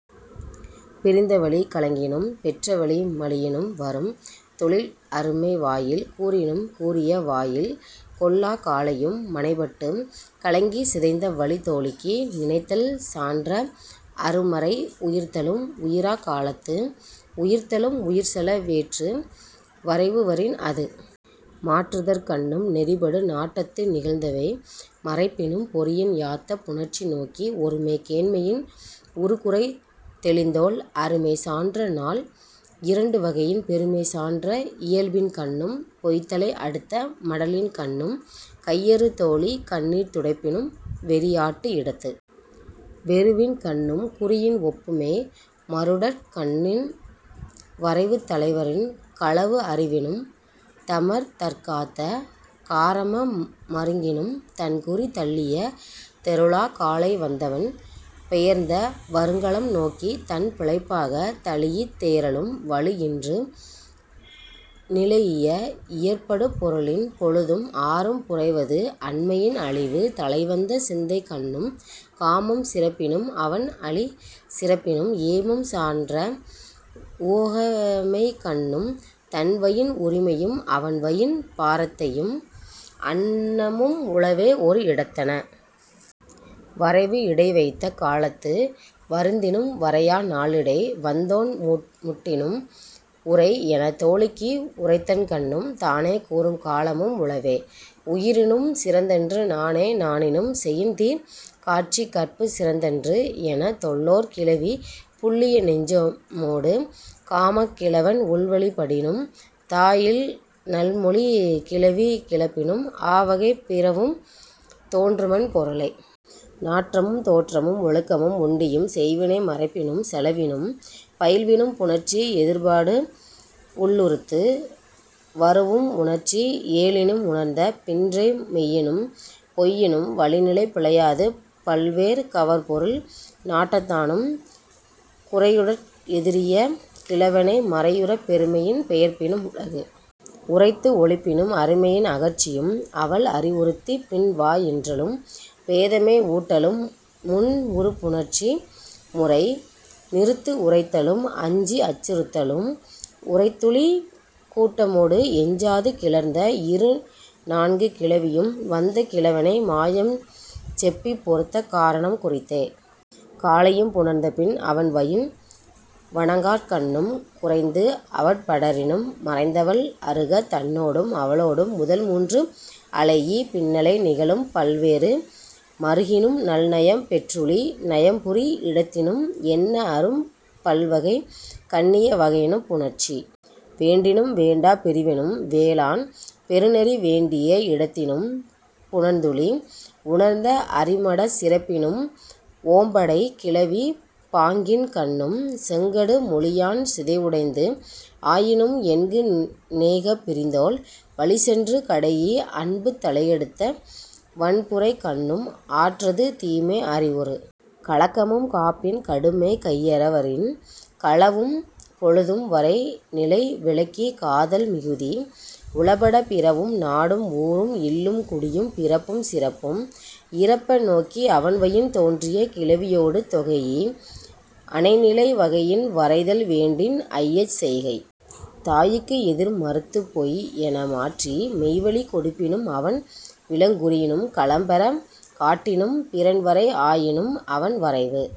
பிரிந்தவழிக் கலங்கினும் பெற்றவழி மலியினும் வரும் தொழிற்கு அருமை வாயில் கூறினும் கூறிய வா யில் கொள்ளாக் காலையும் மனைப் பட்டுக் கலங்கிச் சிதைந்தவழித் தோழிக்கு நினைத்தல் சான்ற அரு மறை உயிர்த்தலும் உயிராக் காலத்து உயிர்த்தலும் உயிர் செல வேற்று வரைவு வரின் அது மாற்றுதற்கண்ணும் நெறி படு நாட்டத்து நிகழ்ந்தவை மறைப்பினும் பொறியின் யாத்த புணர்ச்சி நோக்கி ஒருமைக் கேண்மையின் உறு குறை தெளிந்தோள் அருமை சான்ற நால் இரண்டு வகையின் பெருமை சான்ற இயல்பின்கண்ணும் பொய் தலை அடுத்த மடலின்கண்ணும் கையறு தோழி கண்ணீர் துடைப்பினும் வெறியாட்டு இடத்து வெருவின்கண்ணும் குறியின் ஒப்புமை மருடற்கண்ணும் வரைவு தலைவரினும் களவு அறிவுறினும் தமர் தற் காத்த காரண மருங்கினும் தன் குறி தள்ளிய தெருளாக் காலை வந்தவன் பெயர்ந்த வறுங் களம் நோக்கித் தன் பிழைப்பாகத் தழீஇத் தேறலும் வழு இன்று நிலைஇய இயற்படு பொருளினும் பொழுதும் ஆறும் புரைவது அன்மையின் அழிவு தலைவந்த சிந்தைக்கண்ணும் காமம் சிறப்பினும் அவன் அளி சிறப்பினும் ஏமம் சான்ற உவகைக்கண்ணும் தன்வயின் உரிமையும் அவன்வயின் பாரத்தையும் அன்னவும் உளவே ஓர் இடத்தன. வரைவு இடை வைத்த காலத்து வருந்தினும் வரையா நாளிடை வந்தோன் முட்டினும் உரை எனத் தோழிக்கு உரைத்தற்கண்ணும் தானே கூறும் காலமும் உளவே. உயிரினும் சிறந்தன்று நாணே நாணினும் செயிர் தீர் காட்சிக் கற்புச் சிறந்தன்று எனத் தொல்லோர் கிளவி புல்லிய நெஞ்சமொடு காமக் கிழவன் உள்வழிப் படினும் தா இல் நல் மொழி கிழவி கிளப்பினும் ஆ வகை பிறவும் தோன்றுமன் பொருளே. நாற்றமும் தோற்றமும் ஒழுக்கமும் உண்டியும் செய் வினை மறைப்பினும் செலவினும் பயில்வினும் புணர்ச்சி எதிர்ப்பாடு உள்ளுறுத்து வரூஉம் உணர்ச்சி ஏழினும் உணர்ந்த பின்றை மெய்யினும் பொய்யினும் வழிநிலை பிழையாது பல் வேறு கவர் பொருள் நாட்டத்தானும் குறையுறற் எதிரிய கிழவனை மறையுறப் பெருமையின் பெயர்ப்பினும் உலகு உரைத்து ஒழிப்பினும் அருமையின் அகற்சியும் அவள் அறிவுறுத்துப் பின் வா என்றலும் பேதைமை ஊட்டலும் முன் உறு புணர்ச்சி முறை நிறுத்து உரைத்தலும் அஞ்சி அச்சுறுத்தலும் உரைத்துழிக் கூட்டமொடு எஞ்சாது கிளந்த இரு நான்கு கிளவியும் வந்த கிழவனை மாயம் செப்பிப் பொறுத்த காரணம் குறித்த காலையும் புணர்ந்த பின் அவன்வயின் வணங்காற்கண்ணும் குறைந்து அவட் படரினும் மறைந்தவள் அருக தன்னொடும் அவளொடும் முதல் மூன்று அளைஇ பின்னிலை நிகழும் பல் வேறு மருங்கினும் நல் நயம் பெற்றுழி நயம் புரி இடத்தினும் எண்ண அரும் பல் வகை கண்ணிய வகையினும் புணர்ச்சி வேண்டினும் வேண்டாப் பிரிவினும் வேளாண் பெரு நெறி வேண்டிய இடத்தினும் புணர்ந்துழி உணர்ந்த அறி மடச் சிறப்பினும் ஓம்படைக் கிளவிப் பாங்கின்கண்ணும் செங் கடு மொழியான் சிதைவுடைத்து ஆயினும் என்பு நெகப் பிரிந்தோள் வழிச் சென்று கடைஇ அன்பு தலையடுத்த வன்புறைக்கண்ணும் ஆற்றது தீமை அறிவுறு கலக்கமும் காப்பின் கடுமை கையற வரினும் களனும் பொழுதும் வரை நிலை விலக்கி காதல் மிகுதி உளப்படப் பிறவும் நாடும் ஊரும் இல்லும் குடியும் பிறப்பும் சிறப்பும் இறப்ப நோக்கி அவன்வயின் தோன்றிய கிளவியொடு தொகைஇ அனை நிலை வகையான் வரைதல் வேண்டினும் ஐயச் செய்கை தாய்க்கு எதிர் மறுத்து பொய் என மாற்றி மெய்வழிக் கொடுப்பினும் அவன் விலங்குறினும் களம் பெறக் காட்டினும் பிறன் வரைவு ஆயினும் அவன் வரைவு